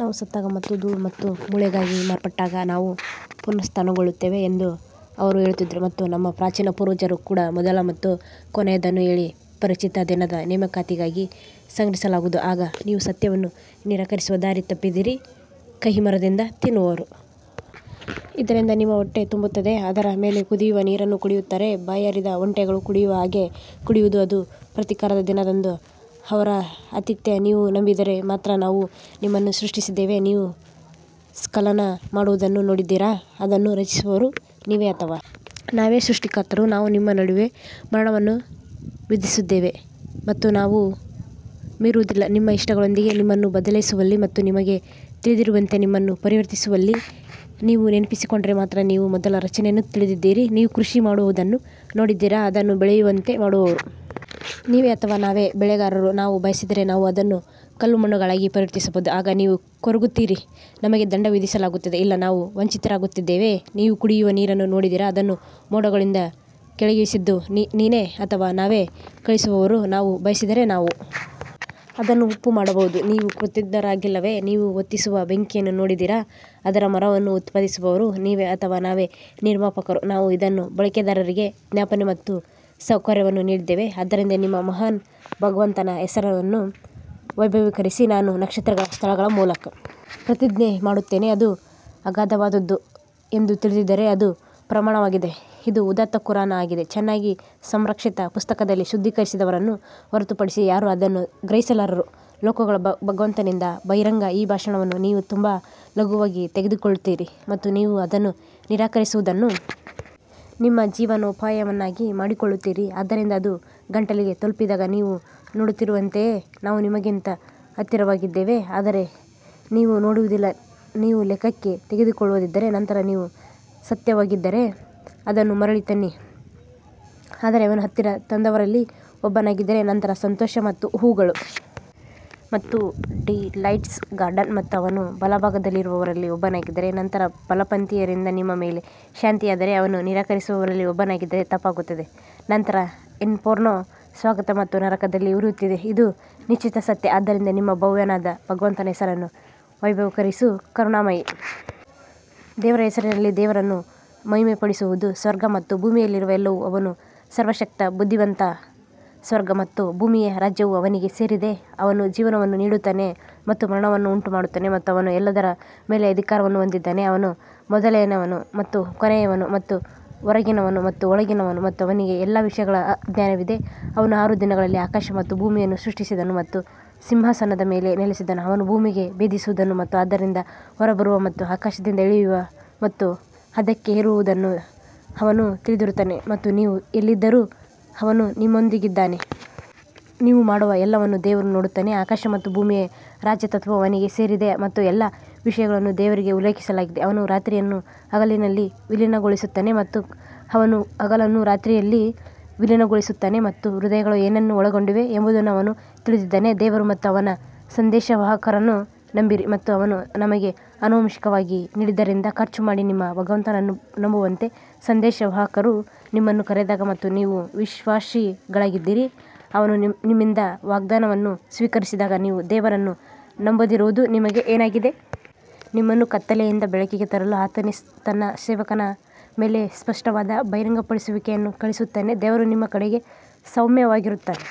ನಾವು ಸತ್ತಾಗ ಮತ್ತು ಧೂಳು ಮತ್ತು ಮೂಳೆಗಳಾಗಿ ಮಾರ್ಪಟ್ಟಾಗ ನಾವು ಪುನರುತ್ಥಾನಗೊಳ್ಳುತ್ತೇವೆ ಎಂದು ಅವರು ಹೇಳುತ್ತಿದ್ದರು ಮತ್ತು ನಮ್ಮ ಪ್ರಾಚೀನ ಪೂರ್ವಜರು ಕೂಡ ಮೊದಲ ಮತ್ತು ಕೊನೆಯದನ್ನು ಹೇಳಿ ಪರಿಚಿತ ದಿನದ ನೇಮಕಾತಿಗಾಗಿ ಸಂಗ್ರಹಿಸಲಾಗುವುದು ಆಗ ನೀವು ಸತ್ಯವನ್ನು ನಿರಾಕರಿಸುವ ದಾರಿ ತಪ್ಪಿದಿರಿ ಕಹಿಮರದಿಂದ ತಿನ್ನುವರು ಇದರಿಂದ ನಿಮ್ಮ ಹೊಟ್ಟೆ ತುಂಬುತ್ತದೆ ಅದರ ಮೇಲೆ ಕುದಿಯುವ ನೀರನ್ನು ಕುಡಿಯುತ್ತಾರೆ ಬಾಯಾರಿದ ಒಂಟೆಗಳು ಕುಡಿಯುವ ಹಾಗೆ ಕುಡಿಯುವುದು ಅದು ಪ್ರತೀಕಾರದ ದಿನದಂದು ಅವರ ಆತಿಥ್ಯ ನೀವು ನಂಬಿದರೆ ಮಾತ್ರ ನಾವು ನಿಮ್ಮನ್ನು ಸೃಷ್ಟಿಸಿದ್ದೇವೆ ನೀವು ಸ್ಖಲನ ಮಾಡುವುದನ್ನು ನೋಡಿದ್ದೀರಾ ಅದನ್ನು ರಚಿಸುವವರು ನೀವೇ ಅಥವಾ ನಾವೇ ಸೃಷ್ಟಿಕರ್ತರು ನಾವು ನಿಮ್ಮ ನಡುವೆ ಮರಣವನ್ನು ವಿಧಿಸಿದ್ದೇವೆ ಮತ್ತು ನಾವು ಮೀರುವುದಿಲ್ಲ ನಿಮ್ಮ ಇಷ್ಟಗಳೊಂದಿಗೆ ನಿಮ್ಮನ್ನು ಬದಲಾಯಿಸುವಲ್ಲಿ ಮತ್ತು ನಿಮಗೆ ತಿಳಿದಿಲ್ಲದಿರುವಂತೆ ನಿಮ್ಮನ್ನು ಪರಿವರ್ತಿಸುವಲ್ಲಿ ನೀವು ನೆನಪಿಸಿಕೊಂಡರೆ ಮಾತ್ರ ನೀವು ಮೊದಲ ರಚನೆಯನ್ನು ತಿಳಿದಿದ್ದೀರಿ ನೀವು ಕೃಷಿ ಮಾಡುವುದನ್ನು ನೋಡಿದ್ದೀರಾ ಅದನ್ನು ಬೆಳೆಯುವಂತೆ ಮಾಡುವವರು ನೀವೇ ಅಥವಾ ನಾವೇ ಬೆಳೆಗಾರರು ನಾವು ಬಯಸಿದರೆ ನಾವು ಅದನ್ನು ಕಲ್ಲುಮಣ್ಣುಗಳಾಗಿ ಪರಿವರ್ತಿಸಬಹುದು ಆಗ ನೀವು ಕೊರಗುತ್ತೀರಿ ನಮಗೆ ದಂಡ ವಿಧಿಸಲಾಗುತ್ತದೆ ಇಲ್ಲ ನಾವು ವಂಚಿತರಾಗುತ್ತಿದ್ದೇವೆ ನೀವು ಕುಡಿಯುವ ನೀರನ್ನು ನೋಡಿದ್ದೀರಾ ಅದನ್ನು ಮೋಡಗಳಿಂದ ಕೆಳಗಿಳಿಸಿದ್ದು ನೀನೇ ಅಥವಾ ನಾವೇ ಕಳುಹಿಸುವವರು ನಾವು ಬಯಸಿದರೆ ನಾವು ಅದನ್ನು ಉಪ್ಪು ಮಾಡಬಹುದು ನೀವು ಕೃತಜ್ಞರಾಗಿಲ್ಲವೇ ನೀವು ಹೊತ್ತಿಸುವ ಬೆಂಕಿಯನ್ನು ನೋಡಿದ್ದೀರಾ ಅದರ ಮರವನ್ನು ಉತ್ಪಾದಿಸುವವರು ನೀವೇ ಅಥವಾ ನಾವೇ ನಿರ್ಮಾಪಕರು ನಾವು ಇದನ್ನು ಬಳಕೆದಾರರಿಗೆ ಜ್ಞಾಪನೆ ಮತ್ತು ಸೌಕರ್ಯವನ್ನು ನೀಡಿದ್ದೇವೆ ಆದ್ದರಿಂದ ನಿಮ್ಮ ಮಹಾನ್ ಭಗವಂತನ ಹೆಸರನ್ನು ವೈಭವೀಕರಿಸಿ ನಾನು ನಕ್ಷತ್ರಗಳ ಸ್ಥಳಗಳ ಮೂಲಕ ಪ್ರತಿಜ್ಞೆ ಮಾಡುತ್ತೇನೆ ಅದು ಅಗಾಧವಾದದ್ದು ಎಂದು ತಿಳಿದಿದ್ದರೆ ಅದು ಪ್ರಮಾಣವಾಗಿದೆ ಇದು ಉದಾತ್ತ ಕುರಾನ್ ಆಗಿದೆ ಚೆನ್ನಾಗಿ ಸಂರಕ್ಷಿತ ಪುಸ್ತಕದಲ್ಲಿ ಶುದ್ಧೀಕರಿಸಿದವರನ್ನು ಹೊರತುಪಡಿಸಿ ಯಾರೂ ಅದನ್ನು ಗ್ರಹಿಸಲಾರರು ಲೋಕಗಳ ಭಗವಂತನಿಂದ ಬಹಿರಂಗ ಈ ಭಾಷಣವನ್ನು ನೀವು ತುಂಬಾ ಲಘುವಾಗಿ ತೆಗೆದುಕೊಳ್ಳುತ್ತೀರಿ ಮತ್ತು ನೀವು ಅದನ್ನು ನಿರಾಕರಿಸುವುದನ್ನು ನಿಮ್ಮ ಜೀವನೋಪಾಯವನ್ನಾಗಿ ಮಾಡಿಕೊಳ್ಳುತ್ತೀರಿ ಆದ್ದರಿಂದ ಅದು ಗಂಟಲಿಗೆ ತಲುಪಿದಾಗ ನೀವು ನೋಡುತ್ತಿರುವಂತೆಯೇ ನಾವು ನಿಮಗಿಂತ ಹತ್ತಿರವಾಗಿದ್ದೇವೆ ಆದರೆ ನೀವು ನೋಡುವುದಿಲ್ಲ ನೀವು ಲೆಕ್ಕಕ್ಕೆ ತೆಗೆದುಕೊಳ್ಳದಿದ್ದರೆ ನಂತರ ನೀವು ಸತ್ಯವಂತರಾಗಿದ್ದರೆ ಅದನ್ನು ಮರಳಿ ತನ್ನಿ ಆದರೆ ಅವನು ಹತ್ತಿರ ತಂದವರಲ್ಲಿ ಒಬ್ಬನಾಗಿದ್ದರೆ ನಂತರ ಸಂತೋಷ ಮತ್ತು ಹೂವುಗಳು ಮತ್ತು ಡಿಲೈಟ್ಸ್ ಗಾರ್ಡನ್ ಮತ್ತು ಅವನು ಬಲಭಾಗದಲ್ಲಿರುವವರಲ್ಲಿ ಒಬ್ಬನಾಗಿದ್ದರೆ ನಂತರ ಬಲಪಂಥೀಯರಿಂದ ನಿಮ್ಮ ಮೇಲೆ ಶಾಂತಿ ಆದರೆ ಅವನು ನಿರಾಕರಿಸುವವರಲ್ಲಿ ಒಬ್ಬನಾಗಿದ್ದರೆ ತಪ್ಪಾಗುತ್ತದೆ ನಂತರ ಇನ್ಫರ್ನೊ ಸ್ವಾಗತ ಮತ್ತು ನರಕದಲ್ಲಿ ಉರಿಯುತ್ತಿದೆ ಇದು ನಿಶ್ಚಿತ ಸತ್ಯ ಆದ್ದರಿಂದ ನಿಮ್ಮ ಭವ್ಯನಾದ ಭಗವಂತನ ಹೆಸರನ್ನು ವೈಭವೀಕರಿಸು ಕರುಣಾಮಯಿ ದೇವರ ಹೆಸರಿನಲ್ಲಿ ದೇವರನ್ನು ಮಹಿಮೆಪಡಿಸುವುದು ಸ್ವರ್ಗ ಮತ್ತು ಭೂಮಿಯಲ್ಲಿರುವ ಎಲ್ಲವೂ ಅವನು ಸರ್ವಶಕ್ತ ಬುದ್ಧಿವಂತ ಸ್ವರ್ಗ ಮತ್ತು ಭೂಮಿಯ ರಾಜ್ಯವು ಅವನಿಗೆ ಸೇರಿದೆ, ಅವನು ಜೀವವನ್ನು ನೀಡುತ್ತಾನೆ ಮತ್ತು ಮರಣವನ್ನು ಉಂಟುಮಾಡುತ್ತಾನೆ ಮತ್ತು ಅವನು ಎಲ್ಲದರ ಮೇಲೆ ಅಧಿಕಾರವನ್ನು ಹೊಂದಿದ್ದಾನೆ ಅವನು ಮೊದಲನೆಯವನು ಮತ್ತು ಕೊನೆಯವನು ಮತ್ತು ಹೊರಗಿನವನು ಮತ್ತು ಒಳಗಿನವನು ಮತ್ತು ಅವನಿಗೆ ಎಲ್ಲಾ ವಿಷಯಗಳ ಜ್ಞಾನವಿದೆ ಅವನು ಆರು ದಿನಗಳಲ್ಲಿ ಆಕಾಶ ಮತ್ತು ಭೂಮಿಯನ್ನು ಸೃಷ್ಟಿಸಿದನು ಮತ್ತು ಸಿಂಹಾಸನದ ಮೇಲೆ ನೆಲೆಸಿದನು, ಅವನು ಭೂಮಿಗೆ ಭೇದಿಸುವುದನ್ನು ಮತ್ತು ಅದರಿಂದ ಹೊರಬರುವ ಮತ್ತು ಆಕಾಶದಿಂದ ಇಳಿಯುವ ಮತ್ತು ಅದಕ್ಕೆ ಏರುವದನ್ನು ಅವನು ತಿಳಿದಿರುತ್ತಾನೆ ಮತ್ತು ನೀವು ಎಲ್ಲಿದ್ದರೂ ಅವನು ನಿಮ್ಮೊಂದಿಗಿದ್ದಾನೆ. ನೀವು ಮಾಡುವ ಎಲ್ಲವನ್ನೂ ದೇವರು ನೋಡುತ್ತಾನೆ ಆಕಾಶ ಮತ್ತು ಭೂಮಿಯ ರಾಜತ್ವವು ಅವನಿಗೆ ಸೇರಿದೆ ಮತ್ತು ಎಲ್ಲಾ ವಿಷಯಗಳನ್ನು ದೇವರಿಗೆ ಉಲ್ಲೇಖಿಸಲಾಗಿದೆ ಅವನು ರಾತ್ರಿಯನ್ನು ಹಗಲಿನಲ್ಲಿ ವಿಲೀನಗೊಳಿಸುತ್ತಾನೆ ಮತ್ತು ಅವನು ಹಗಲನ್ನು ರಾತ್ರಿಯಲ್ಲಿ ವಿಲೀನಗೊಳಿಸುತ್ತಾನೆ ಮತ್ತು ಹೃದಯಗಳು ಏನನ್ನು ಒಳಗೊಂಡಿವೆ ಎಂಬುದನ್ನು ಅವನು ತಿಳಿದಿದ್ದಾನೆ ದೇವರು ಮತ್ತು ಅವನ ಸಂದೇಶವಾಹಕರನ್ನು ನಂಬಿರಿ ಮತ್ತು ಅವನು ನಿಮಗೆ ಆನುವಂಶಿಕವಾಗಿ ನೀಡಿದ್ದರಿಂದ ಖರ್ಚು ಮಾಡಿ ನಿಮ್ಮ ಭಗವಂತನನ್ನು ನಂಬುವಂತೆ ಸಂದೇಶವಾಹಕರು ನಿಮ್ಮನ್ನು ಕರೆದಾಗ ಮತ್ತು ನೀವು ವಿಶ್ವಾಸಿಗಳಾಗಿದ್ದರೆ ಅವನು ನಿಮ್ಮಿಂದ ವಾಗ್ದಾನವನ್ನು ಸ್ವೀಕರಿಸಿದಾಗ ನೀವು ದೇವರನ್ನು ನಂಬದಿರುವುದು ನಿಮಗೆ ಏನಾಗಿದೆ? ನಿಮ್ಮನ್ನು ಕತ್ತಲೆಯಿಂದ ಬೆಳಕಿಗೆ ತರಲು ಆತನೇ ತನ್ನ ಸೇವಕನ ಮೇಲೆ ಸ್ಪಷ್ಟವಾದ ಬಹಿರಂಗಪಡಿಸುವಿಕೆಯನ್ನು ಕಳುಹಿಸುತ್ತಾನೆ, ದೇವರು ನಿಮ್ಮ ಕಡೆಗೆ ಸೌಮ್ಯವಾಗಿರುತ್ತಾನೆ.